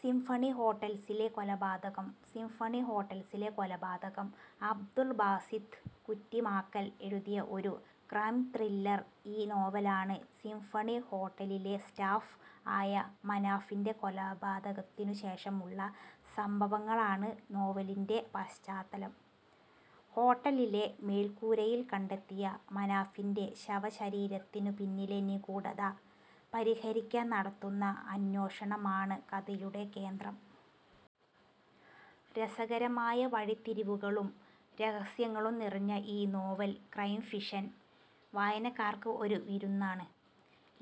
Symphony ഹോട്ടൽസിലെ കൊലപാതകം 'symphony ഹോട്ടൽസിലെ കൊലപാതകം' അബ്ദുൽ ബാസിത്ത് കുറ്റിമാക്കൽ എഴുതിയ ഒരു ക്രൈം ത്രില്ലർ ഇ-നോവലാണ്. സിംഫണി ഹോട്ടലിലെ സ്റ്റാഫ് ആയ മനാഫിന്റെ കൊലപാതകത്തിനു ശേഷമുള്ള സംഭവങ്ങളാണ് നോവലിന്റെ പശ്ചാത്തലം. ഹോട്ടലിന്റെ മേൽക്കൂരയിൽ കണ്ടെത്തിയ മനാഫിന്റെ ശവശരീരത്തിനു പിന്നിലെ നിഗൂഢത പരിഹരിക്കാൻ നടത്തുന്ന അന്വേഷണമാണ് കഥയുടെ കേന്ദ്രം. രസകരമായ വഴിത്തിരിവുകളും രഹസ്യങ്ങളും നിറഞ്ഞ ഈ നോവൽ ക്രൈം ഫിക്ഷൻ വായനക്കാര്ക്ക് ഒരു വിരുന്നാണ്.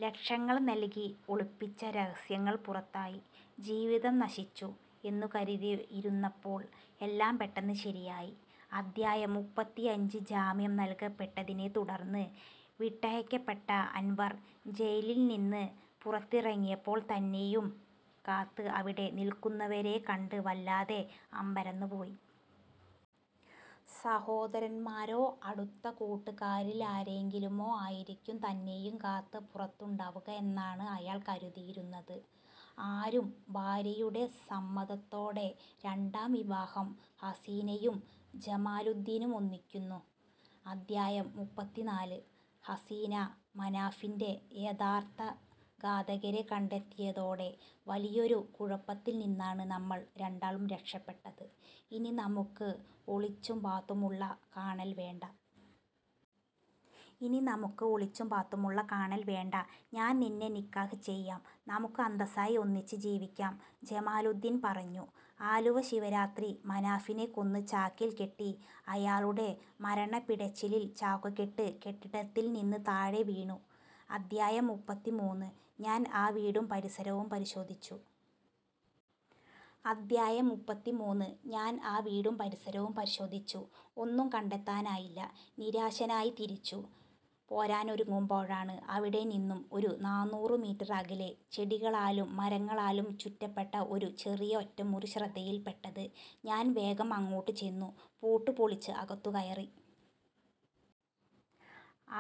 'ലക്ഷങ്ങൾ നൽകി ഒളിപ്പിച്ച രഹസ്യങ്ങൾ പുറത്തായി, ജീവിതം നശിച്ചു എന്ന് കരുതിയിരുന്നപ്പോൾ എല്ലാം പെട്ടെന്ന് ശരിയായി' അധ്യായം: മുപ്പത്തിയഞ്ച് ജാമ്യം നൽകപ്പെട്ടതിനെത്തുടർന്ന് വിട്ടയക്കപ്പെട്ട അൻവർ, ജയിലിൽ നിന്ന് പുറത്തിറങ്ങിയപ്പോൾ തന്നെയും കാത്ത് അവിടെ നിൽക്കുന്നവരെക്കണ്ട് വല്ലാതെ അമ്പരന്ന് പോയി! സഹോദരന്മാരോ, അടുത്ത കൂട്ടുകാരിലാരെങ്കിലുമോ ആയിരിക്കും തന്നെയും കാത്ത് പുറത്തുണ്ടാവുക എന്നാണ് അയാൾ കരുതിയിരുന്നത്. ആരും ഭാര്യയുടെ സമ്മതത്തോടെ രണ്ടാം വിവാഹം; 'ഹസീനയും ജമാലുദ്ധീനും ഒന്നിക്കുന്നു' അധ്യായം: മുപ്പത്തിനാല് "ഹസീനാ... മനാഫിന്റെ യഥാർത്ഥ ഘാതകരെ കണ്ടെത്തിയതോടെ വലിയൊരു കുഴപ്പത്തിൽ നിന്നാണ് നമ്മൾ രണ്ടാളും രക്ഷപ്പെട്ടത്. ഇനി നമുക്ക് ഒളിച്ചും പാത്തുമുള്ള കാണൽ വേണ്ട. ഇനി നമുക്ക് ഒളിച്ചും പാത്തുമുള്ള കാണൽ വേണ്ട. ഞാൻ നിന്നെ നിക്കാഹ് ചെയ്യാം. നമുക്ക് അന്തസായി ഒന്നിച്ച് ജീവിക്കാം. " ജമാലുദ്ധീൻ പറഞ്ഞു. ആലുവ ശിവരാത്രി 'മനാഫിനെ കൊന്ന് ചാക്കിൽ കെട്ടി, അയാളുടെ മരണപിടച്ചിലിൽ ചാക്കുകെട്ട് കെട്ടിടത്തിൽ നിന്ന് താഴെ വീണു... ' അധ്യായം: മുപ്പത്തിമൂന്ന് "ഞാൻ ആ വീടും പരിസരവും പരിശോധിച്ചു. ' അധ്യായം: മുപ്പത്തിമൂന്ന് "ഞാൻ ആ വീടും പരിസരവും പരിശോധിച്ചു. ഒന്നും കണ്ടെത്താനായില്ല. നിരാശനായി തിരിച്ചു പോരാനൊരുങ്ങുമ്പോഴാണ് അവിടെ നിന്നും ഒരു നാനൂറ് മീറ്റർ അകലെ ചെടികളാലും മരങ്ങളാലും ചുറ്റപ്പെട്ട ഒരു ചെറിയ ഒറ്റമുറി ശ്രദ്ധയിൽ പെട്ടത്. ഞാൻ വേഗം അങ്ങോട്ട് ചെന്നു. പൂട്ട് പൊളിച്ച് അകത്തു കയറി.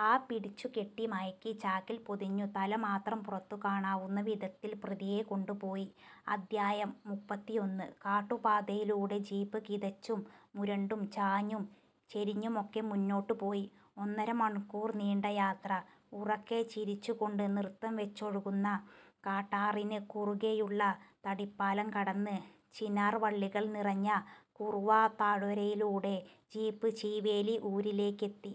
ആ 'പിടിച്ചു കെട്ടി, മയക്കി ചാക്കിൽ പൊതിഞ്ഞു; തല മാത്രം പുറത്തു കാണാവുന്ന വിധത്തിൽ പ്രതിയെ കൊണ്ടു പോയി' അധ്യായം: മുപ്പത്തിയൊന്ന് കാട്ടുപാതയിലൂടെ ജീപ്പ് കിതച്ചും മുരണ്ടും ചാഞ്ഞും ചെരിഞ്ഞുമൊക്കെ മുന്നോട്ട് പോയി. ഒന്നര മണിക്കൂർ നീണ്ട യാത്ര... ഉറക്കെ ചിരിച്ചു കൊണ്ട് നൃത്തം വെച്ചൊഴുകുന്ന കാട്ടാറിന് കുറുകെയുള്ള തടിപ്പാലം കടന്ന്, ചിനാർ വള്ളികൾ നിറഞ്ഞ കുറവാ താഴ്വരയിലൂടെ ജീപ്പ് ചീവേലി ഊരിലേക്കെത്തി.